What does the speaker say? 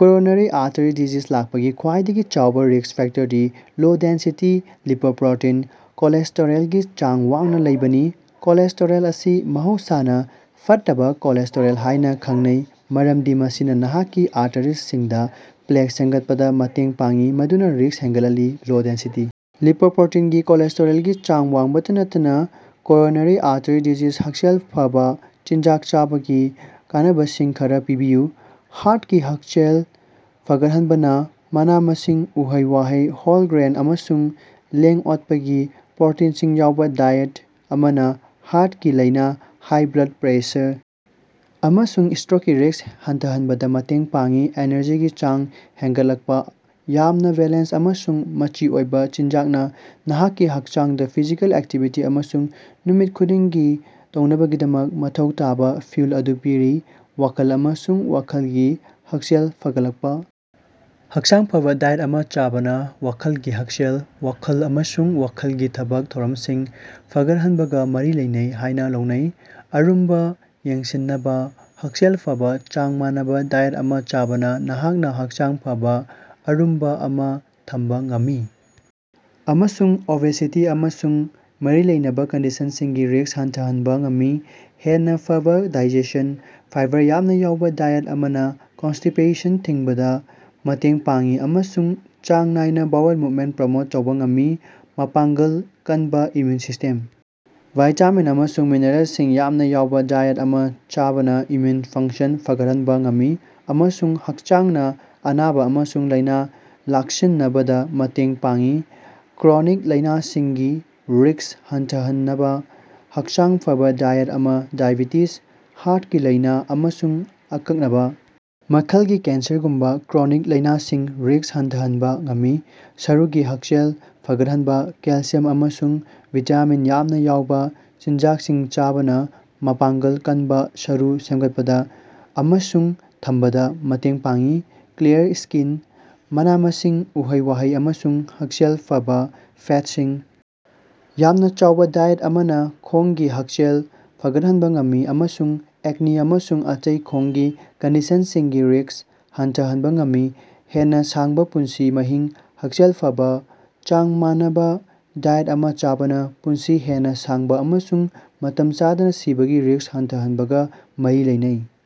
Coronary artery disease ꯂꯥꯛꯄꯒꯤ ꯈ꯭ꯋꯥꯏꯗꯒꯤ ꯆꯥꯎꯕ ꯔꯤꯛꯁ ꯐꯦꯛꯇꯔꯗꯤ ꯂꯣ-ꯗꯦꯟꯁꯤꯇꯤ ꯂꯥꯏꯄꯣꯄ꯭ꯔꯣꯇꯤꯟ ꯀꯣꯂꯦꯁꯇꯦꯔꯣꯜꯒꯤ ꯆꯥꯡ ꯋꯥꯡꯅ ꯂꯩꯕꯅꯤ꯫ ꯀꯣꯂꯦꯁꯇꯦꯔꯣꯜ ꯑꯁꯤ ꯃꯍꯧꯁꯅꯥ "ꯐꯠꯇꯕꯥ" ꯀꯣꯂꯦꯁꯇꯦꯔꯣꯜ ꯍꯥꯏꯅ ꯈꯪꯅꯩ ꯃꯔꯝꯗꯤ ꯃꯁꯤꯅ ꯅꯍꯥꯛꯀꯤ ꯑꯥꯔꯇꯦꯔꯤꯁꯤꯡꯗꯥ ꯄ꯭ꯂꯦꯛ ꯁꯦꯝꯒꯠꯄꯗ ꯃꯇꯦꯡ ꯄꯥꯡꯏ, ꯃꯗꯨꯅ ꯔꯤꯛꯁ ꯍꯦꯟꯒꯠꯍꯜꯂꯤ꯫ ꯂꯣ-ꯗꯦꯟꯁꯤꯇꯤ ꯂꯥꯢꯄꯣꯄ꯭ꯔꯣꯇꯤꯟꯒꯤ ꯀꯣꯂꯦꯁꯇꯦꯔꯣꯜꯒꯤ ꯆꯥꯡ ꯋꯥꯡꯕꯇ ꯅꯠꯇꯅ, ꯀꯣꯔꯣꯅꯔꯤ ꯑꯔꯇꯔꯤ ꯗꯤꯖꯤꯁ ꯍꯛꯁꯦꯜ ꯐꯕ ꯆꯤꯟꯖꯥꯛ ꯆꯥꯕꯒꯤ ꯀꯥꯟꯅꯕꯁꯤꯡ ꯈꯔꯥ ꯄꯤꯕꯤꯌꯨ꯫ ꯍꯥꯔꯠꯀꯤ ꯍꯛꯁꯦꯜ ꯐꯒꯠꯍꯟꯅꯕ: ꯃꯅꯥ-ꯃꯁꯤꯡ, ꯎꯍꯩ-ꯋꯥꯍꯩ, ꯍꯣꯜ ꯒ꯭ꯔꯦꯟ ꯑꯃꯁꯨꯡ ꯂꯦꯡ-ꯑꯣꯠꯄꯒꯤ ꯄ꯭ꯔꯣꯇꯤꯟꯁꯤꯡ ꯌꯥꯎꯕ ꯗꯥꯏꯠ ꯑꯃꯅ ꯍꯥꯔꯠꯀꯤ ꯂꯥꯏꯅ, ꯍꯥꯏ ꯕ꯭ꯂꯗ ꯄ꯭ꯔꯦꯁꯔ ꯑꯃꯁꯨꯡ ꯁꯇ꯭ꯔꯣꯛꯀꯤ ꯔꯤꯛꯁ ꯍꯟꯊꯍꯟꯅꯕꯗ ꯃꯇꯦꯡ ꯄꯥꯡꯏ꯫ ꯑꯦꯅꯔꯖꯤꯒꯤ ꯆꯥꯡ ꯍꯦꯟꯒꯠꯂꯛꯄ: ꯌꯥꯝꯅ ꯕꯦꯂꯦꯟꯁ ꯑꯃꯁꯨꯡ ꯃꯆꯤ ꯑꯣꯏꯕ ꯆꯤꯟꯖꯥꯛꯅ ꯅꯍꯥꯛꯀꯤ ꯍꯛꯆꯥꯡꯗ ꯐꯤꯖꯤꯀꯦꯜ ꯑꯦꯛꯇꯤꯚꯤꯇꯤ ꯑꯃꯁꯨꯡ ꯅꯨꯃꯤꯠ ꯈꯨꯗꯤꯡꯒꯤ ꯇꯧꯅꯕꯒꯤꯗꯃꯛ ꯃꯊꯧ ꯇꯥꯕꯥ ꯐ꯭ꯌꯨꯑꯦꯜ ꯑꯗꯨ ꯄꯤ꯫ ꯋꯥꯈꯜ ꯑꯃꯁꯨꯡ ꯋꯥꯈꯜꯒꯤ ꯍꯛꯁꯦꯜ ꯐꯒꯠꯂꯀꯄ: ꯍꯛꯆꯥꯡ ꯐꯕꯥ ꯗꯥꯏꯠ ꯑꯃ ꯆꯥꯕꯅ ꯋꯥꯈꯜꯒꯤ ꯍꯛꯁꯦꯜ, ꯋꯥꯈꯜ ꯑꯃꯁꯨꯡ ꯋꯥꯈꯜꯒꯤ ꯊꯕꯛ ꯊꯧꯔꯝꯁꯤꯡ ꯐꯒꯠꯍꯟꯕꯒ ꯃꯔꯤ ꯂꯩꯅꯩ ꯍꯥꯏꯅ ꯂꯧꯅꯩ꯫ ꯑꯔꯨꯝꯕ ꯌꯦꯡꯁꯤꯟꯅꯕꯥ: ꯍꯛꯁꯦꯜ ꯐꯕꯥ, ꯆꯥꯡ ꯃꯥꯟꯅꯕ ꯗꯥꯏꯠ ꯑꯃ ꯆꯥꯕꯅ ꯅꯍꯥꯛꯅ ꯍꯛꯆꯥꯡ ꯐꯕ ꯑꯔꯨꯝꯕ ꯑꯃ ꯊꯝꯕ ꯉꯝꯃꯤ ꯑꯃꯁꯨꯡ ꯑꯣꯕꯦꯁꯤꯇꯤ ꯑꯃꯁꯨꯡ ꯃꯔꯤ ꯂꯩꯅꯕ ꯀꯟꯗꯤꯁꯟꯁꯤꯡꯒꯤ ꯔꯤꯛꯁ ꯍꯟꯊꯍꯟꯕ ꯉꯝꯃꯤ꯫ ꯍꯦꯟꯅ ꯐꯕꯥ ꯗꯥꯏꯖꯦꯁꯟ: ꯐꯥꯏꯕꯔ ꯌꯥꯝꯅ ꯌꯥꯎꯕ ꯗꯥꯏꯠ ꯑꯃꯅ ꯀꯟꯁꯇꯤꯞꯁꯟ ꯊꯤꯡꯕꯗ ꯃꯇꯦꯡ ꯄꯥꯡꯏ ꯑꯃꯁꯨꯡ ꯆꯥꯡ ꯅꯥꯏꯅ ꯕꯣꯋꯦꯜ ꯃꯨꯞꯃꯦꯟ ꯄ꯭ꯔꯣꯃꯣꯠ ꯇꯧꯕ ꯉꯝꯃꯤ꯫ ꯃꯄꯥꯡꯒꯜ ꯀꯟꯕ ꯏꯝꯃ꯭ꯌꯨꯟ ꯁꯤꯁꯇꯦꯝ: ꯚꯤꯇꯥꯃꯤꯟ ꯑꯃꯁꯨꯡ ꯃꯤꯅꯔꯦꯜꯁꯤꯡ ꯌꯥꯝꯅ ꯌꯥꯎꯕ ꯗꯥꯏꯠ ꯑꯃ ꯆꯥꯕꯅ ꯏꯝꯃ꯭ꯌꯨꯟ ꯐꯪꯁꯟ ꯐꯒꯠꯍꯟꯕ ꯉꯝꯃꯤ ꯑꯃꯁꯨꯡ ꯍꯛꯆꯥꯡꯅ ꯑꯅꯥꯕ ꯑꯃꯁꯨꯡ ꯂꯥꯏꯅ ꯂꯥꯛꯁꯤꯟꯅꯕꯗ ꯃꯇꯦꯡ ꯄꯥꯡꯏ꯫ ꯀ꯭ꯔꯣꯅꯤꯛ ꯂꯥꯢꯅꯁꯤꯡꯒꯤ ꯔꯤꯛꯁ ꯍꯟꯊꯥꯍꯟꯅꯕ: ꯍꯛꯆꯥꯡ ꯐꯕꯥ ꯗꯥꯏꯠ ꯑꯃꯅ ꯗꯥꯏꯑꯦꯕꯦꯇꯤꯖ, ꯍꯥꯔꯠꯀꯤ ꯂꯥꯢꯅ, ꯑꯃꯁꯨꯡ ꯑꯀꯛꯅꯕ ꯃꯈꯜꯒꯤ ꯀꯦꯟꯁꯔꯒꯨꯝꯕꯥ ꯀ꯭ꯔꯣꯅꯤꯛ ꯂꯥꯢꯅꯥꯁꯤꯡꯒꯤ ꯔꯤꯛꯁ ꯍꯟꯊꯥꯍꯟꯕ ꯉꯝꯃꯤ꯫ ꯁꯔꯨꯒꯤ ꯍꯛꯁꯦꯜ ꯐꯒꯠꯍꯟꯅꯕꯥ: ꯀꯦꯜꯁꯤꯌꯝ ꯑꯃꯁꯨꯡ ꯚꯤꯇꯥꯃꯤꯟ ꯌꯥꯝꯅ ꯌꯥꯎꯕ ꯆꯤꯟꯖꯥꯛꯁꯤꯡ ꯆꯥꯕꯅ ꯃꯄꯥꯡꯒꯜ ꯀꯟꯕꯥ ꯁꯔꯨ ꯁꯦꯝꯒꯠꯄꯗ ꯑꯃꯁꯨꯡ ꯊꯝꯕꯗꯥ ꯃꯇꯦꯡ ꯄꯥꯡꯏ꯫ ꯀ꯭ꯂꯤꯌꯥꯔ ꯁ꯭ꯀꯤꯟ: ꯃꯅꯥ-ꯃꯁꯤꯡ, ꯎꯍꯩ-ꯋꯥꯍꯩ ꯑꯃꯁꯨꯡ ꯍꯛꯁꯦꯜ ꯐꯕꯥ ꯐꯦꯠꯁꯤꯡ ꯌꯥꯝꯅ ꯌꯥꯎꯕ ꯗꯥꯏꯠ ꯑꯃꯅ ꯈꯣꯡꯒꯤ ꯍꯛꯁꯦꯜ ꯐꯒꯠꯍꯟꯅꯕ ꯉꯝꯃꯤ ꯑꯃꯁꯨꯡ ꯑꯦꯛꯅꯤ ꯑꯃꯁꯨꯡ ꯑꯇꯩ ꯈꯣꯡꯒꯤ ꯀꯟꯗꯤꯁꯟꯁꯤꯡꯒꯤ ꯔꯤꯛꯁ ꯍꯟꯊꯥꯍꯟꯕ ꯉꯝꯃꯤ꯫ ꯍꯦꯟꯅ ꯁꯥꯡꯕ ꯄꯨꯟꯁꯤ ꯃꯍꯤꯡ: ꯍꯛꯁꯦꯜ ꯐꯕꯥ, ꯆꯥꯡ ꯃꯥꯟꯅꯕ ꯗꯥꯏꯠ ꯑꯃ ꯆꯥꯕꯅ ꯄꯨꯟꯁꯤ ꯍꯦꯟꯅ ꯁꯥꯡꯕ ꯑꯃꯁꯨꯡ ꯃꯇꯝ ꯆꯥꯗꯅ ꯁꯤꯕꯒꯤ ꯔꯤꯛꯁ ꯍꯟꯊꯥꯍꯟꯅꯕꯒ ꯃꯔꯤ ꯂꯩꯅꯩ꯫